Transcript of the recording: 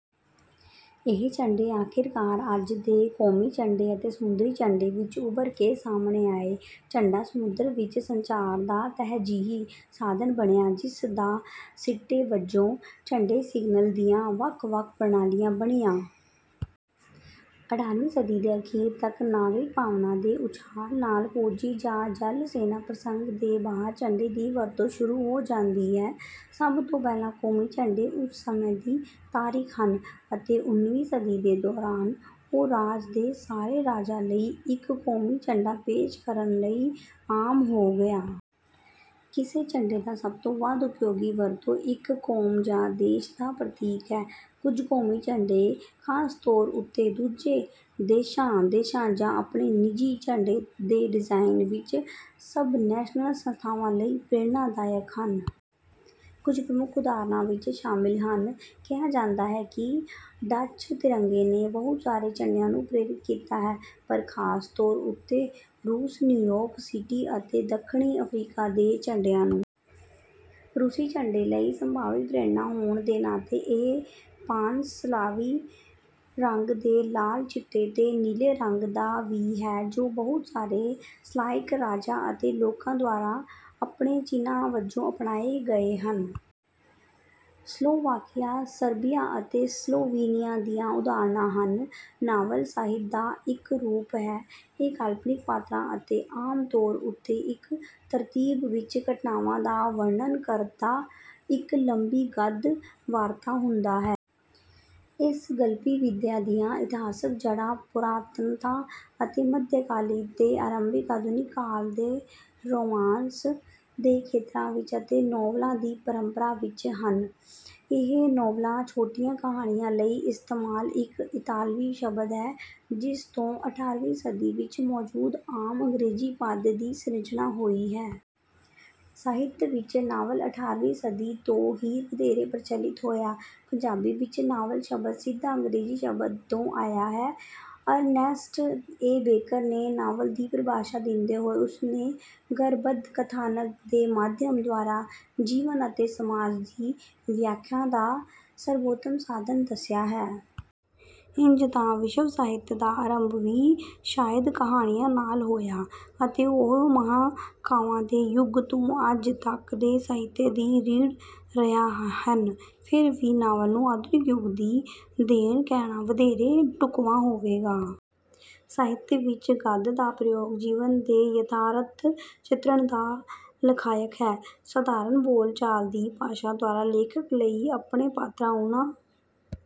ਇਹ ਝੰਡੇ ਆਖਿਰਕਾਰ ਅੱਜ ਦੇ ਕੌਮੀ ਝੰਡੇ ਅਤੇ ਸਮੁੰਦਰੀ ਝੰਡੇ ਵਿੱਚ ਉੱਭਰ ਕੇ ਸਾਹਮਣੇ ਆਏ। ਝੰਡਾ ਸਮੁੰਦਰ ਵਿੱਚ ਸੰਚਾਰ ਦਾ ਤਰਜੀਹੀ ਸਾਧਨ ਬਣਿਆ ਜਿਸਦਾ ਸਿੱਟੇ ਵਜੋਂ ਝੰਡੇ ਸਿਗਨਲ ਦੀਆਂ ਵੱਖ ਵੱਖ ਪ੍ਰਣਾਲੀਆਂ ਬਣਿਆ। ਅਠਾਰਵੀਂ ਸਦੀ ਦੇ ਅਖੀਰ ਤੱਕ ਨਾਗਰਿਕ ਭਾਵਨਾ ਦੇ ਉਛਾਲ ਨਾਲ ਫੌਜੀ ਜਾਂ ਜਲ ਸੈਨਾ ਪ੍ਰਸੰਗ ਦੇ ਬਾਹਰ ਝੰਡੇ ਦੀ ਵਰਤੋਂ ਸ਼ੁਰੂ ਹੋ ਜਾਂਦੀ ਹੈ। ਸਭ ਤੋਂ ਪਹਿਲਾਂ ਕੌਮੀ ਝੰਡੇ ਉਸ ਸਮੇਂ ਦੀ ਤਾਰੀਖ ਹਨ ਅਤੇ ਓਨਵੀਂ ਸਦੀ ਦੇ ਦੌਰਾਨ ਉਹ ਰਾਜ ਦੇ ਸਾਰੇ ਰਾਜਾਂ ਲਈ ਇੱਕ ਕੌਮੀ ਝੰਡਾ ਪੇਸ਼ ਕਰਨ ਲਈ ਆਮ ਹੋ ਗਿਆ। ਕਿਸੇ ਝੰਡੇ ਦਾ ਸਭ ਤੋਂ ਵੱਧ ਉਪਯੋਗੀ ਵਰਤੋਂ ਇੱਕ ਕੌਮ ਜਾਂ ਦੇਸ਼ ਦਾ ਪ੍ਰਤੀਕ ਹੈ। ਕੁਝ ਕੌਮੀ ਝੰਡੇ ਖਾਸ ਤੌਰ ਉੱਤੇ ਦੂਜੇ ਦੇਸ਼ਾਂ ਦੇਸ਼ਾਂ ਜਾਂ ਆਪਣੇ ਨਿੱਜੀ ਝੰਡੇ ਦੇ ਡਿਜ਼ਾਇਨ ਵਿੱਚ ਸਬਨੈਸ਼ਨਲ ਸੰਸਥਾਵਾਂ ਲਈ ਪ੍ਰੇਰਨਾਦਾਇਕ ਹਨ। ਕੁਝ ਪ੍ਰਮੁੱਖ ਉਦਾਹਰਨਾਂ ਵਿੱਚ ਸ਼ਾਮਲ ਹਨ। ਕਿਹਾ ਜਾਂਦਾ ਹੈ ਕਿ ਡੱਚ ਤਿਰੰਗੇ ਨੇ ਬਹੁਤ ਸਾਰੇ ਝੰਡਿਆਂ ਨੂੰ ਪ੍ਰੇਰਿਤ ਕੀਤਾ ਹੈ ਪਰ ਖਾਸ ਤੌਰ ਉੱਤੇ ਰੂਸ ਨਿਊਯਾਰਕ ਸਿਟੀ ਅਤੇ ਦੱਖਣੀ ਅਫਰੀਕਾ ਦੇ ਝੰਡਿਆਂ ਨੂੰ। ਰੂਸੀ ਝੰਡੇ ਲਈ ਸੰਭਾਵਿਤ ਪ੍ਰੇਰਨਾ ਹੋਣ ਦੇ ਨਾਤੇ ਇਹ ਪਾਨ ਸਲਾਵੀ ਰੰਗ ਦੇ ਲਾਲ ਚਿੱਟੇ ਤੇ ਨੀਲੇ ਰੰਗ ਦਾ ਵੀ ਹੈ ਜੋ ਬਹੁਤ ਸਾਰੇ ਸਲਾਵਿਕ ਰਾਜਾਂ ਅਤੇ ਲੋਕਾਂ ਦੁਆਰਾ ਆਪਣੇ ਚਿੰਨ੍ਹ ਵਜੋਂ ਅਪਣਾਏ ਗਏ ਹਨ। ਸਲੋਵਾਕੀਆ ਸਰਬੀਆ ਅਤੇ ਸਲੋਵੀਨੀਆ ਦੀਆਂ ਉਦਾਹਰਣਾਂ ਹਨ। ਨਾਵਲ ਸਾਹਿਤ ਦਾ ਇੱਕ ਰੂਪ ਹੈ। ਇਹ ਕਾਲਪਨਿਕ ਪਾਤਰਾਂ ਅਤੇ ਆਮ ਤੌਰ ਉੱਤੇ ਇੱਕ ਤਰਤੀਬ ਵਿੱਚ ਘਟਨਾਵਾਂ ਦਾ ਵਰਣਨ ਕਰਦਾ ਇੱਕ ਲੰਬੀ ਗਦ ਵਾਰਤਾ ਹੁੰਦਾ ਹੈ। ਇਸ ਗਲਪੀ ਵਿਧਾ ਦੀਆਂ ਇਤਿਹਾਸਕ ਜੜਾਂ ਪੁਰਾਤਨਤਾ ਅਤੇ ਮਧਕਾਲੀ ਤੇ ਆਰੰਭਿਕ ਆਧੁਨਿਕ ਕਾਲ ਦੇ ਰੋਮਾਂਸ ਦੇ ਖੇਤਰਾਂ ਵਿੱਚ ਅਤੇ ਨੋਵਲਾ ਦੀ ਪਰੰਪਰਾ ਵਿੱਚ ਹਨ। ਇਹ ਨੋਵਲਾ ਛੋਟੀਆਂ ਕਹਾਣੀਆਂ ਲਈ ਇਸਤੇਮਾਲ ਇੱਕ ਇਤਾਲਵੀ ਸ਼ਬਦ ਹੈ ਜਿਸ ਤੋਂ ਅਠਾਰਵੀਂ ਸਦੀ ਵਿੱਚ ਮੌਜੂਦ ਆਮ ਅੰਗਰੇਜ਼ੀ ਪਦ ਦੀ ਸਿਰਜਣਾ ਹੋਈ ਹੈ। ਸਾਹਿਤ ਵਿੱਚ ਨਾਵਲ ਅਠਾਰ੍ਹਵੀ ਸਦੀ ਤੋਂ ਹੀ ਵਧੇਰੇ ਪ੍ਰਚਲਿਤ ਹੋਇਆ। ਪੰਜਾਬੀ ਵਿੱਚ ਨਾਵਲ ਸ਼ਬਦ ਸਿਧਾ ਅੰਗਰੇਜ਼ੀ ਸ਼ਬਦ ਤੋਂ ਆਇਆ ਹੈ। ਅਰਨੈਸਟ ਏ ਬੇਕਰ ਨੇ ਨਾਵਲ ਦੀ ਪਰਿਭਾਸ਼ਾ ਦਿੰਦੇ ਹੋਏ ਉਸਨੂੰ ਗਦਬੱਧ ਕਥਾਨਕ ਦੇ ਮਾਧਿਅਮ ਦੁਆਰਾ ਜੀਵਨ ਅਤੇ ਸਮਾਜ ਦੀ ਵਿਆਖਿਆ ਦਾ ਸਰਬੋਤਮ ਸਾਧਨ ਦੱਸਿਆ ਹੈ। ਇੰਜ ਤਾਂ ਵਿਸ਼ਵ ਸਾਹਿਤ ਦਾ ਅਰੰਭ ਹੀ ਸ਼ਾਇਦ ਕਹਾਣੀਆਂ ਨਾਲ ਹੋਇਆ ਅਤੇ ਉਹ ਮਹਾਂਕਾਵਾਂ ਦੇ ਯੁੱਗ ਤੋਂ ਅੱਜ ਤੱਕ ਦੇ ਸਾਹਿਤ ਦੀ ਰੀੜ ਰਹੀਆਂ ਹਨ ਫਿਰ ਵੀ ਨਾਵਲ ਨੂੰ ਆਧੁਨਿਕ ਯੁੱਗ ਦੀ ਦੇਣ ਕਹਿਣਾ ਵਧੇਰੇ ਢੁਕਵਾਂ ਹੋਵੇਗਾ। ਸਾਹਿਤ ਵਿੱਚ ਗਦ ਦਾ ਪ੍ਰਯੋਗ ਜੀਵਨ ਦੇ ਯਥਾਰਥ ਚਿਤਰਣ ਦਾ ਲਖਾਇਕ ਹੈ। ਸਧਾਰਣ ਬੋਲ ਚਾਲ ਦੀ ਭਾਸ਼ਾ ਦੁਆਰਾ ਲੇਖਕ ਲਈ ਆਪਣੇ ਪਾਤਰਾਂ ਉਨ੍ਹਾਂ